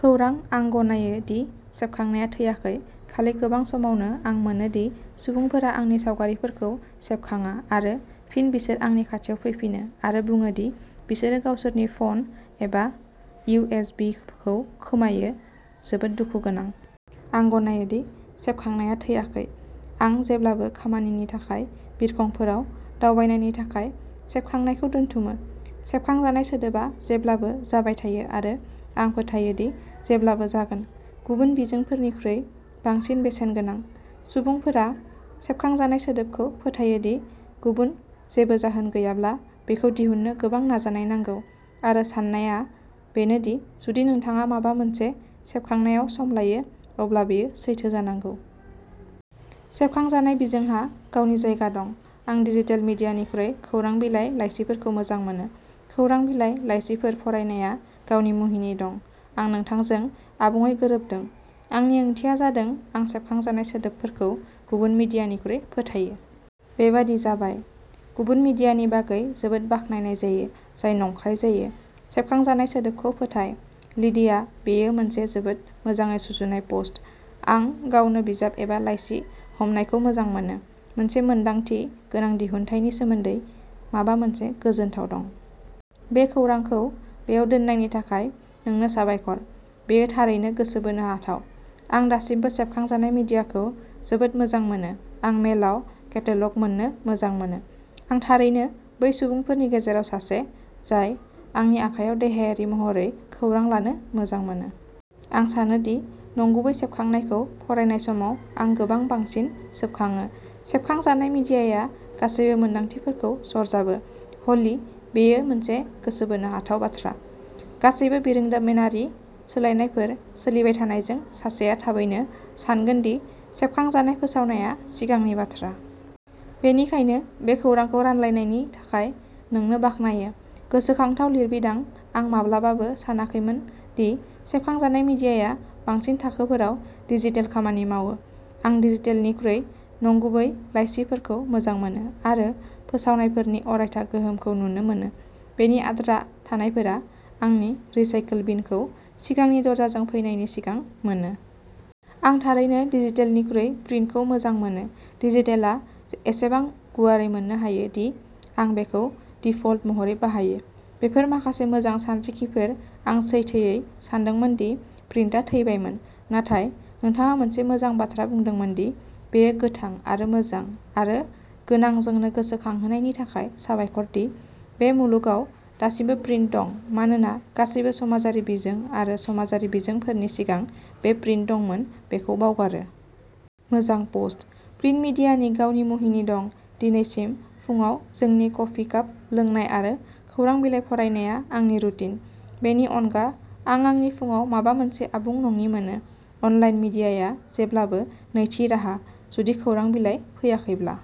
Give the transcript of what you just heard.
खौरां आं गनायो दि सेबखांनाया थैयाखै, खालि गोबां समावनो आं मोनो दि सुबुंफोरा आंनि सावगारिफोरखौ सेबखांया आरो फिन बिसोर आंनि खाथियाव फैफिनो आरो बुङो दि बिसोरो गावसोरनि फ'न एबा इउ एस बि खौ खोमायो जोबोद दुखु गोनां। आं गनायो दि सेबखांनाया थैयाखै। आं जेब्लाबो खामानिनि थाखाय बिरखंफोराव दावबायनायनि थाखाय सेबखांनायखौ दोनथुमो। सेबखांजानाय सोदोबा जेब्लाबो जाबाय थायो आरो आं फोथायो दि जेब्लाबो जागोन, गुबुन बिजोंफोरनिख्रुइ बांसिन बेसेनगोनां। सुबुंफोरा सेबखांजानाय सोदोबखौ फोथायो जुदि गुबुन जेबो जाहोन गैयाब्ला बेखौ दिहुन्नो गोबां नाजानाय नांगौ आरो साननाया बेनो दि जुदि नोंथाङा माबा मोनसे सेबखांनायाव सम लायो, अब्ला बेयो सैथो जानांगौ। सेबखांजानाय बिजोंहा गावनि जायगा दं। आं डिजिटेल मिडियानिख्रुइ खौरां बिलाइ, लाइसिफोरखौ मोजां मोनो। खौरां बिलाइ, लाइसिफोर फरायनाया गावनि मुहिनि दं। आं नोंथांजों आबुङै गोरोबदों, आंनि ओंथिया जादों आं सेबखांजानाय सोदोबफोरखौ गुबुन मिडियानिख्रुइ फोथायो। बेबादि जाबाय। गुबुन मिडियानि बागै जोबोद बाख्नायनाय जायो, जाय नंखाय जायो। सेबखांजानाय सोदोबखौ फोथाय, लिडिया बेयो मोनसे जोबोद मोजाङै सुजुनाय पस्ट। आं गावनो बिजाब एबा लाइसि हमनायखौ मोजां मोनो, मोनसे मोनदांथि गोनां दिहुनथायनि सोमोन्दै माबा मोनसे गोजोनथाव दं। बे खौरांखौ बेयाव दोननायनि थाखाय नोंनो साबायखर। बेयो थारैनो गोसो बोनो हाथाव आं दासिमबो सेबखांजानाय मिडियाखौ जोबोद मोजां मोनो। आं मेलआव केटेल'ग मोन्नो मोजां मोनो। आं थारैनो बै सुबुंफोरनि गेजेराव सासे, जाय आंनि आखायाव देहायारि महरै खौरां लानो मोजां मोनो। आं सानो दि नंगुबै सेबखांनायखौ फरायनाय समाव आं गोबां बांसिन सोबखांयो। सेबखांजानाय मिडियाया गासैबो मोनदांथिफोरखौ सरजाबो, ह'ली बेयो मोनसे गोसो बोनो हाथाव बाथ्रा। गासैबो बिरोंदामिनारि सोलायनायफोर सोलिबाय थानायजों सासेया थाबैनो सानगोन दि सेबखांजानाय फोसावनाया सिगांनि बाथ्रा। बेनिखायनो, बे खौरांखौ रानलायनायनि थाखाय नोंनो बाख्नायो। गोसोनांथाव लिरबिदां आं माब्लाबाबो सानाखैमोनदि सेबखांजानाय मीडियाया बांसिन थाखोफोराव डिजिटेल खामानि मावो। आं डिजिटेलनिख्रुइ नंगुबै लाइसिफोरखौ मोजां मोनो आरो फोसावनायफोरनि अरायथा गोहोमखौ नुनो मोनो, बेनि आद्रा थानायफोरा आंनि रिसाइकल बिनखौ सिगांनि दरजाजों फैनायनि सिगां मोनो। आं थारैनो डिजिटेलनिख्रुइ प्रिन्टखौ मोजां मोनो। डिजिटेलआ एसेबां गुवारै मोननो हायो दि आं बेखौ दिफल्ट महरै बाहायो। बेफोर माखासे मोजां सानरिखिफोर आं सैथोयै सानदोंमोन दि प्रिन्टआ थैबायमोन नाथाय नोंथाङा मोनसे मोजां बाथ्रा बुंदोंमोन दि बेयो गोथां आरो मोजां आरो गोनां जोंनो गोसोखांहोनायनि थाखाय साबायखर दि बे मुलुगाव दासिमबो प्रिन्ट दं मानोना गासैबो समाजारि बिजों आरो समाजारि बिजोंफोरनि सिगां जों प्रिन्ट दंमोन बेखौ बावगारो। मोजां पस्ट। प्रिन्ट मिडियानि गावनि मुहिनि दं, दिनैसिम फुंआव जोंनि कफि काप लोंनाय आरो खौरां बिलाइ फरायनाया आंनि रुटिन, बेनि अनगा आं आंनि फुंआव माबा मोनसे आबुं नङि मोनो। अनलाइन मीडियाया जेब्लाबो नैथि राहा, जुदि खौरां बिलाइ फैयाखैब्ला।